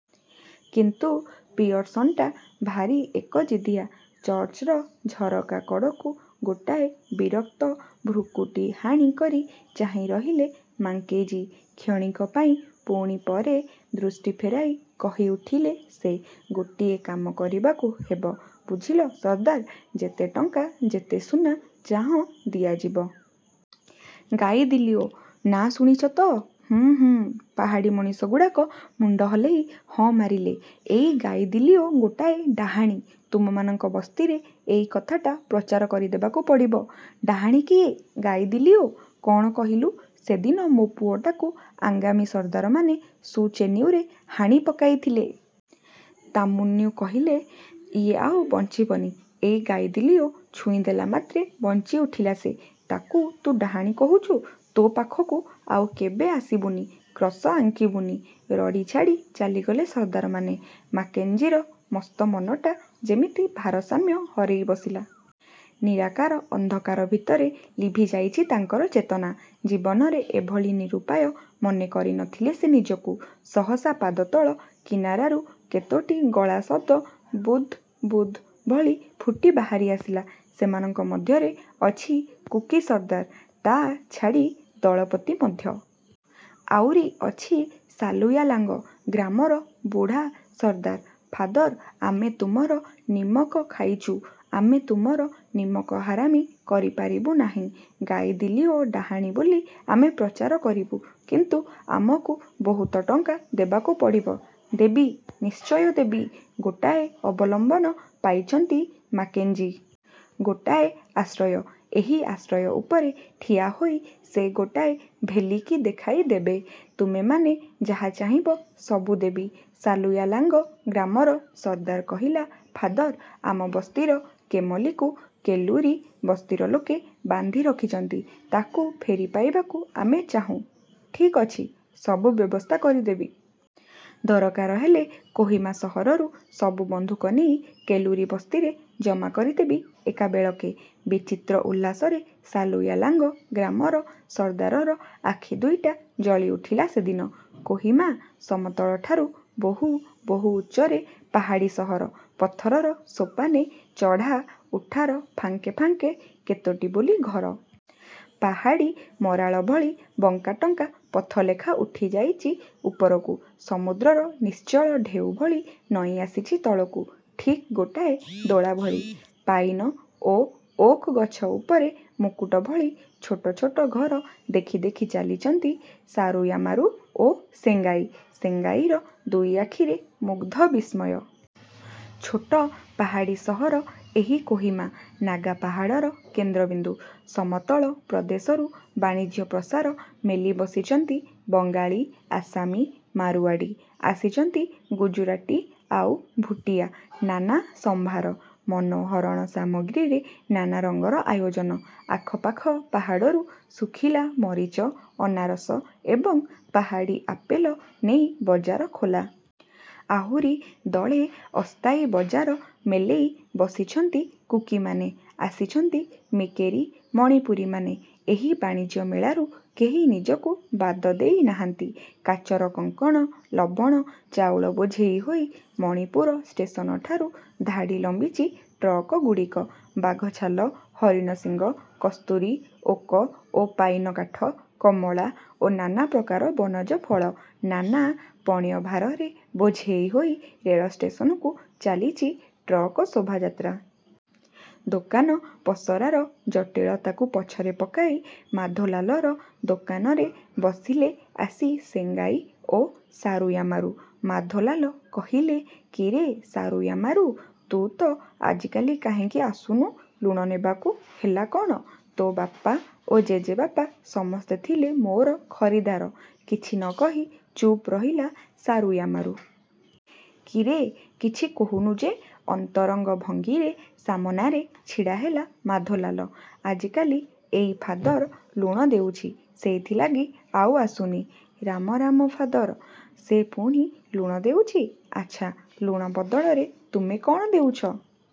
କିନ୍ତୁ ପିଅରସନ୍ଟା ଭାରି ଏକଜିଦିଆ। ଚର୍ଚ୍ଚର ଝରକା କଡ଼କୁ ଗୋଟାଏ ବିରକ୍ତ ଭୃକୁଟି ହାଣି କରି ଚାହିଁରହିଲେ ମାକେଂଜି। କ୍ଷଣିକ ପାଇଁ ପୁଣି ପରେ ଦୃଷ୍ଟି ଫେରାଇ କହିଉଠିଲେ ସେ। -ଗୋଟିଏ କାମ କରିବାକୁ ହେବ ବୁଝିଲ ସର୍ଦ୍ଦାର। ଯେତେ ଟଙ୍କା ଯେତେ ସୁନା ଚାହଁ ଦିଆଯିବ। ଗାଇଦିଲି ଓ ନାଁ ଶୁଣିଚ ତ। ହୁଁ ହୁଁ, ପାହାଡ଼ୀ ମଣିଷ ଗୁଡ଼ାକ ମୁଣ୍ଡ ହଲେଇ ହଁ ମାରିଲେ। ଏଇ ଗାଇଦିଲିଓ ଗୋଟାଏ ଡାହାଣୀ। ତୁମମାନଙ୍କ ବସ୍ତିରେ ଏଇ କଥାଟା ପ୍ରଚାର କରିଦେବାକୁ ପଡ଼ିବ। -ଡାହାଣୀ କିଏ, ଗାଇଦିଲିଓ? କଣ କହିଲୁ? ସେଦିନ ମୋ ପୁଅଟାକୁ ଆଙ୍ଗାମୀ ସର୍ଦ୍ଦାରମାନେ ସୁଚେନ୍ୟୁରେ ହାଣି ପକାଇଥିଲେ। ତାମୁନ୍ୟୁ କହିଲେ ଇଏ ଆଉ ବଞ୍ଚବନି। ଏଇ ଗାଇଦିଲିଓ ଛୁଇଁଦେଲା ମାତ୍ରେ ବଞ୍ଚିଉଠିଲା ସେ। ତାକୁ ତୁ ଡାହାଣୀ କହୁଛୁ? ତୋ ପାଖକୁ ଆଉ କେବେ ଆସିବୁନି। କ୍ରସ ଆଙ୍କିବୁନି। ରଡ଼ି ଛାଡ଼ି ଚାଲିଗଲେ ସର୍ଦ୍ଦାରମାନେ। ମାକେଞ୍ଜିର ମସ୍ତ ମନଟା ଯେମିତି ଭାରସାମ୍ୟ ହରେଇ ବସିଲା। ନିରାକାର ଅନ୍ଧକାର ଭିତରେ ଲିଭିଯାଇଚି ତାଙ୍କର ଚେତନା। ଜୀବନରେ ଏଭଳି ନିରୁପାୟ ମନେ କରି ନ ଥିଲେ ସେ ନିଜକୁ। ସହସା ପାଦତଳ କିନାରାରୁ କେତୋଟି ଗଳା ଶବ୍ଦ ବୁଦ୍ ବୁଦ୍ ଭଳି ଫୁଟି ବାହାରି ଆସିଲା। ସେମାନଙ୍କ ମଧ୍ୟରେ ଅଛି କୁକୀ ସର୍ଦ୍ଦାର। ତା ଛାଡ଼ି ଦଳପତି ମଧ୍ୟ। ଆଉରି ଅଛି ସାଲୁୟାଲାଙ୍ଗ ଗ୍ରାମର ବୁଢ଼ା ସର୍ଦ୍ଦାର। ଫାଦର। ଆମେ ତୁମର ନିମକ ଖାଇଚୁ, ଆମେ ତୁମର ନିମକହାରାମି କରିପାରିବୁ ନାହିଁ। ଗାଇଦିଲିଓ ଡାହାଣୀ ବୋଲି ଆମେ ପ୍ରଚାର କରିବୁ, କିନ୍ତୁ ଆମକୁ ବହୁତ ଟଙ୍କା ଦେବାକୁ ପଡ଼ିବ। -ଦେବି, ନିଶ୍ଚୟ ଦେବି, ଗୋଟାଏ ଅବଲମ୍ବନ ପାଇଚନ୍ତି ମାକେଞ୍ଜି। ଗୋଟାଏ ଆଶ୍ରୟ। ଏହି ଆଶ୍ରୟ ଉପରେ ଠିଆହୋଇ ସେ ଗୋଟାଏ ଭେଲିକି ଦେଖାଇ ଦେବେ। ତୁମେମାନେ ଯାହା ଚାହିଁବ ସବୁ ଦେବି। ସାଲୁୟାଲାଙ୍ଗ ଗ୍ରାମର ସର୍ଦ୍ଦାର କହିଲା-ଫାଦର। ଆମ ବସ୍ତିର କେମଲୀକୁ କେଲୁରୀ ବସ୍ତିର ଲୋକେ ବାନ୍ଧି ରଖିଛନ୍ତି -ତାକୁ ଫେରିପାଇବାକୁ ଆମେ ଚାହୁଁ। -ଠିକ୍ ଅଛି, ସବୁ ବ୍ୟବସ୍ଥା କରିଦେବି। ଦରକାର ହେଲେ କୋହିମା ସହରରୁ ସବୁ ବନ୍ଧୁକ ନେଇ କେଲୁରୀ ବସ୍ତିରେ ଜମା କରିଦେବି ଏକାବେଳକେ। ବିଚିତ୍ର ଉଲ୍ଲାସରେ ସାଲୁୟାଲାଙ୍ଗ ଗ୍ରାମର ସର୍ଦ୍ଦାରର ଆଖି ଦୁଇଟା ଜଳି ଉଠିଲା ସେଦିନ-। କୋହିମା। ସମତଳଠାରୁ ବହୁ, ବହୁ ଉଚ୍ଚରେ ପାହାଡ଼ୀ ସହର। ପଥରର ସୋପାନେ ଚଢ଼ା ଉଠାର ଫାଙ୍କେ ଫାଙ୍କେ କେତୋଟି ବୋଲି ଘର। ପାହାଡ଼ୀ ମରାଳ ଭଳି ବଙ୍କାଟଙ୍କା ପଥଲେଖା ଉଠିଯାଇଚି ଉପରକୁ-ସମୁଦ୍ରର ନିଶ୍ଚଳ ଢେଉଭଳି ନଇଁଆସିଚି ତଳକୁ ଠିକ୍ ଗୋଟାଏ ଦୋଳା ଭଳି। ପାଇନ ଓ ଓକ୍ ଗଛ ଉପରେ ମୁକୁଟ ଭଳି ଛୋଟ ଛୋଟ ଘର ଦେଖି ଦେଖି ଚାଲିଛନ୍ତି ସାରୁୟାମାରୁ ଓ ସେଙ୍ଗାଇ। ସେଙ୍ଗାଇର ଦୁଇ ଆଖିରେ ମୁଗ୍ଧ ବିସ୍ମୟ। ଛୋଟ ପାହାଡ଼ୀ ସହର ଏହି କୋହିମା। ନାଗା ପାହାଡ଼ର କେନ୍ଦ୍ର ବିନ୍ଦୁ। ସମତଳ ପ୍ରଦେଶରୁ ବାଣିଜ୍ୟପ୍ରସାର ମେଲି ବସିଛନ୍ତି ବଙ୍ଗାଳୀ, ଆସାମୀ, ମାରୁଆଡ଼ି। ଆସିଛନ୍ତି ଗୁଜୁରାଟୀ ଆଉ ଭୁଟିୟା। ନାନା ସଂଭାର, ମନୋହରଣ ସାମଗ୍ରୀରେ ନାନା ରଙ୍ଗର ଆୟୋଜନ। ଆଖପାଖ ପାହାଡ଼ରୁ ଶୁଖିଲା ମରିଚ, ଅନାରସ ଏବଂ ପାହାଡ଼ୀ ଆପେଲ ନେଇ ବଜାର ଖୋଲା। ଆହୁରି ଦଳେ ଅସ୍ଥାୟୀ ବଜାର ମେଲେଇ ବସିଛନ୍ତି କୁକୀମାନେ। ଆସିଛନ୍ତି ମିକେରୀ, ମଣିପୁରୀମାନେ। ଏହି ବାଣିଜ୍ୟ ମେଳାରୁ କେହି ନିଜକୁ ବାଦ ଦେଇ। ନାହାନ୍ତି। କାଚର କଙ୍କଣ, ଲବଣ, ଚାଉଳ ବୋଝେଇ ହୋଇ ମଣିପୁର ଷ୍ଟେସନଠାରୁ ଧାଡ଼ି ଲମ୍ବିଚି ଟ୍ରକ ଗୁଡ଼ିକ। ବାଘଛାଲ, ହରିଣଶିଙ୍ଗ, କସ୍ତୁରୀ, ଓକ ଓ ପାଇନ କାଠ, କମଳା ଓ ନାନା ପ୍ରକାର ବନଜ ଫଳ-ନାନା ପଣ୍ୟଭାରରେ ବୋଝେଇ ହୋଇ ରେଳଷ୍ଟେସନକୁ ଚାଲିଚି ଟ୍ରକ ଶୋଭାଯାତ୍ରା-। ଦୋକାନ ପସରାର ଜଟିଳତାକୁ ପଛରେ ପକାଇ ମାଧୋଲାଲର ଦୋକାନରେ ବସିଲେ ଆସି ସେଙ୍ଗାଇ ଓ ସାରୁୟାମାରୁ। ମାଧୋଲାଲ କହିଲା କିରେ ସାରୁୟାମାରୁ-ତୁ ତ ଆଜିକାଲି କାହିଁକି ଆସୁନୁ ଲୁଣ ନେବାକୁ? ହେଲା କ'ଣ? ତୋ ବାପା ଓ ଜେଜେବାପା ସମସ୍ତେ ଥିଲେ ମୋର ଖରିଦ୍ଦାର। କିଛି ନ କହି ଚୁପ୍ ରହିଲା ସାରୁୟାମାରୁ। କିରେ, କିଛି କହୁନୁ ଯେ। ଅନ୍ତରଙ୍ଗ ଭଙ୍ଗୀରେ ସାମନାରେ ଛିଡ଼ାହେଲା ମାଧୋଲାଲ। ଆଜିକାଲି ଏଇ ଫାଦର ଲୁଣ ଦେଉଚି, ସେଇଥିଲାଗି ଆଉ ଆସୁନି। ରାମ, ରାମ, ଫାଦର! ସେ ପୁଣି ଲୁଣ ଦେଉଚି? ଆଚ୍ଛା, ଲୁଣ ବଦଳରେ ତୁମେ କଣ ଦେଉଚ?